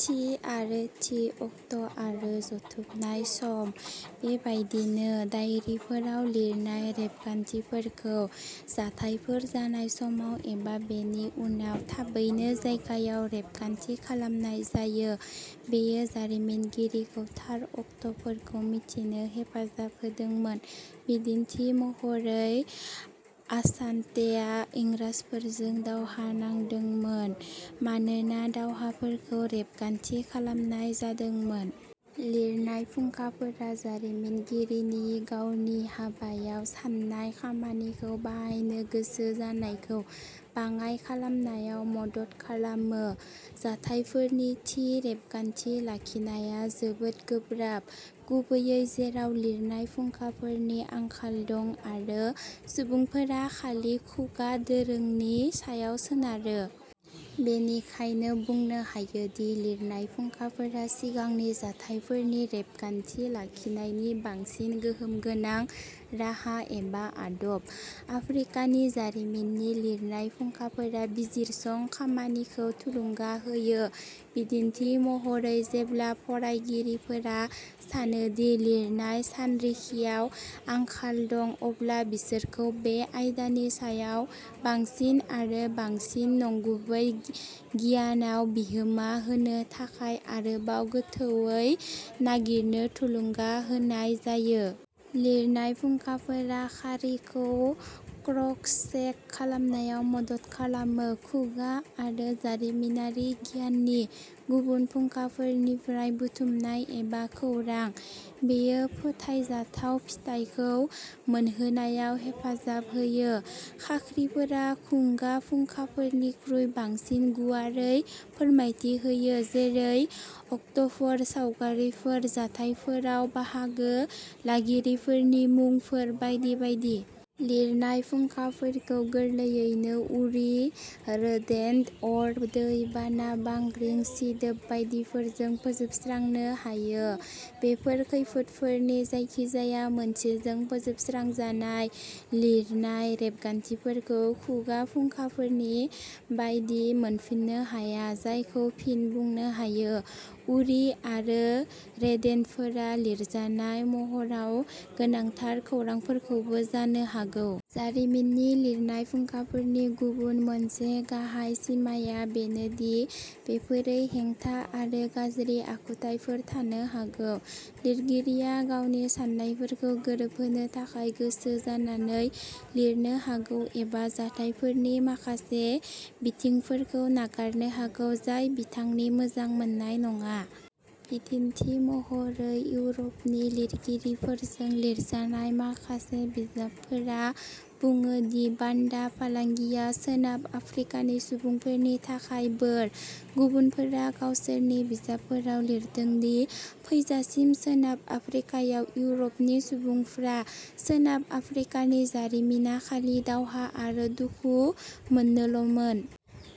थि आरो the act' आरो जथुमनाय सम। बेबायदिनो दाइरिफोराव लिरनाय रेबगान्थिफोरखौ जाथायफोर जानाय समाव एबा बेनि उनाव थाबैनो जायगायाव रेबगान्थि खालामनाय जायो। बेयो जारिमिनगिरिफोरखौ थार अक्ट'फोरखौ मिथिनो हेफाजाब होदोंमोन बिदिन्थि महरै आसान्तेआ इंराजफोरजों दावहा नांदोंमोन मानोना दावहाफोरखौ रेबगान्थि खालामनाय जादोंमोन। लिरनाय फुंखाफोरा जारिमिनगिरिनि गावनि हाबायाव सान्नाय खामानिखौ बाहायनो गोसो जानायखौ बाङाइ खालामनायाव मदद खालामो। जाथायफोरनि थि रेबगान्थि लाखिनाया जोबोद गोब्राब गुबैयै जेराव लिरनाय फुंखाफोरनि आंखाल दं आरो सुबुंफोरा खालि खुगा दोरोंनि सायाव सोनारो। बेनिखायनो बुंनो हायो दि लिरनाय फुंखाफोरा सिगांनि जाथायफोरनि रेबगान्थि लाखिनायनि बांसिन गोहोम गोनां राहा एबा आदब। आफ्रिकानि जारिमिननि लिरनाय फुंखाफोरा बिजिरसं खामानिखौ थुलुंगा होयो। बिदिन्थि महरै जेब्ला फरायगिरिफोरा सानो दि लिरनाय सानरिखियाव आंखाल दं अब्ला बिसोरखौ बे आयदानि सायाव बांसिन आरो बांसिन नंगुबै गियानआव बिहोमा होनो थाखाय आरोबाव गोथौवै नागिरनो थुलुंगा होनाय जायो। लिरनाय फुंखाफोरा खारिखौ क्रक्स चेक खालामनायाव मदद खालामो। खुगा आरो जारिमिनारि गियाननि गुबुन फुंखाफोरनिफ्राय बुथुमनाय एबा खौरां। बेयो फोथायजाथाव फिथाइखौ मोनहोनायाव हेफाजाब होयो। खाख्रिफोरा खुगा फुंखाफोरनिख्रुइ बांसिन गुवारै फोरमायथि होयो जेरै अक्ट'फोर सावगारिफोर जाथायफोराव बाहागो लागिरिफोरनि मुंफोर बायदि बायदि। लिरनाय फुंखाफोरखौ गोरलैयैनो उरि रोदेन्ट अर दै बाना बांग्रि सिदोब बायदिफोरजों फोजोबस्रांनो हायो। बेफोर खैफोदफोरनि जायखिजाया मोनसेजों फोजोबस्रांजानाय लिरनाय रेबगान्थिफोरखौ खुगा फुंखाफोरनि बायदि मोनफिन्नो हाया जायखौ फिन बुंनो हायो। उरि आरो रोदेन्टफोरा लिरजानाय महराव गोनांथार खौरांफोरखौबो जानो हागौ। जारिमिननि लिरनाय फुंखाफोरनि गुबुन मोनसे गाहाय सिमाआ बेनो दि बेफोरो हेंथा आरो गाज्रि आखुथायफोर थानो हागौ। लिरगिरिया गावनि साननायफोरखौ गोरोबहोनो थाखाय गोसो जानानै लिरनो हागौ एबा जाथायफोरनि माखासे बिथिंफोरखौ नागारनो हागौ जाय बिथांनि मोजां मोननाय नङा। बिदिन्थि महरै इउर'पनि लिरगिरिफोरजों लिरजानाय माखासे बिजाबफोरा बुङो दि बान्दा फालांगिआ सोनाब आफ्रिकानि सुबुंफोरनि थाखाय बोर। गुबुनफोरा गावसोरनि बिजाबफोराव लिरदों दि फैजासिम सोनाब आफ्रिकायाव इउरपनि सुबुंफ्रा सोनाब आफ्रिकानि जारिमिना खालि दावहा आरो दुखु मोननोल'मोन।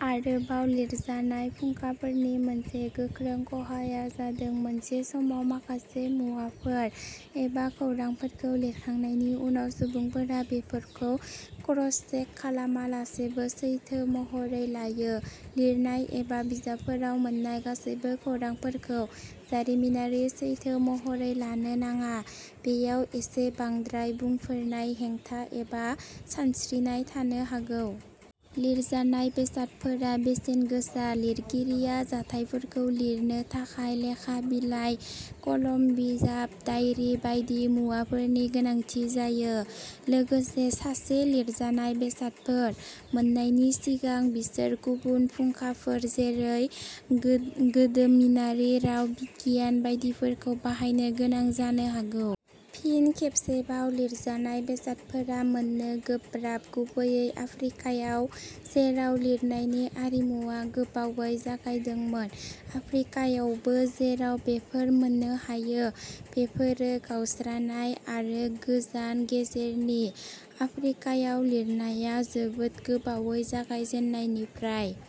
आरोबाव लिरजानाय फुंखाफोरनि मोनसे गोख्रों खहाआ जादों मोनसे समाव माखासे मुवाफोर एबा खौरांफोरखौ लिरखांनायनि उनाव सुबुंफोरा बेफोरखौ क्रसचेक खालामालासेबो सैथो महरै लायो। लिरनाय एबा बिजाबफोराव मोन्नाय गासैबो खौरांफोरखौ जारिमिनारि सैथो महरै लानो नाङा बेयाव एसे बांद्राय बुंफोरनाय हेंथा एबा सानस्रिनाय थानो हागौ। लिरजानाय बेसादफोरा बेसेन गोसा। लिरगिरिया जाथायफोरखौ लिरनो थाखाय लेखा बिलाइ कलम बिजाब दाइरि बायदि मुवाफोरनि गोनांथि जायो। लोगोसे सासे लिरजानाय बेसादफोर मोननायनि सिगां बिसोर गुबुन फुंखाफोर जेरै गोदोमिनारि राव बिगियान बायदिफोरखौ बाहायनो गोनां जानो हागौ। फिन खेबसेबाव लिरजानाय बेसादफोरा मोननो गोब्राब गुबैयै आफ्रिकायाव जेराव लिरनायनि आरिमुआ गोबावै जागायदोंमोन। आफ्रिकायावबो जेराव बेफोर मोननो हायो बेफोरो गावस्रानाय आरो गोजान गेजेरनि। आफ्रिकायाव लिरनाया जोबोद गोबावै जागायजेन्नायनिफ्राय।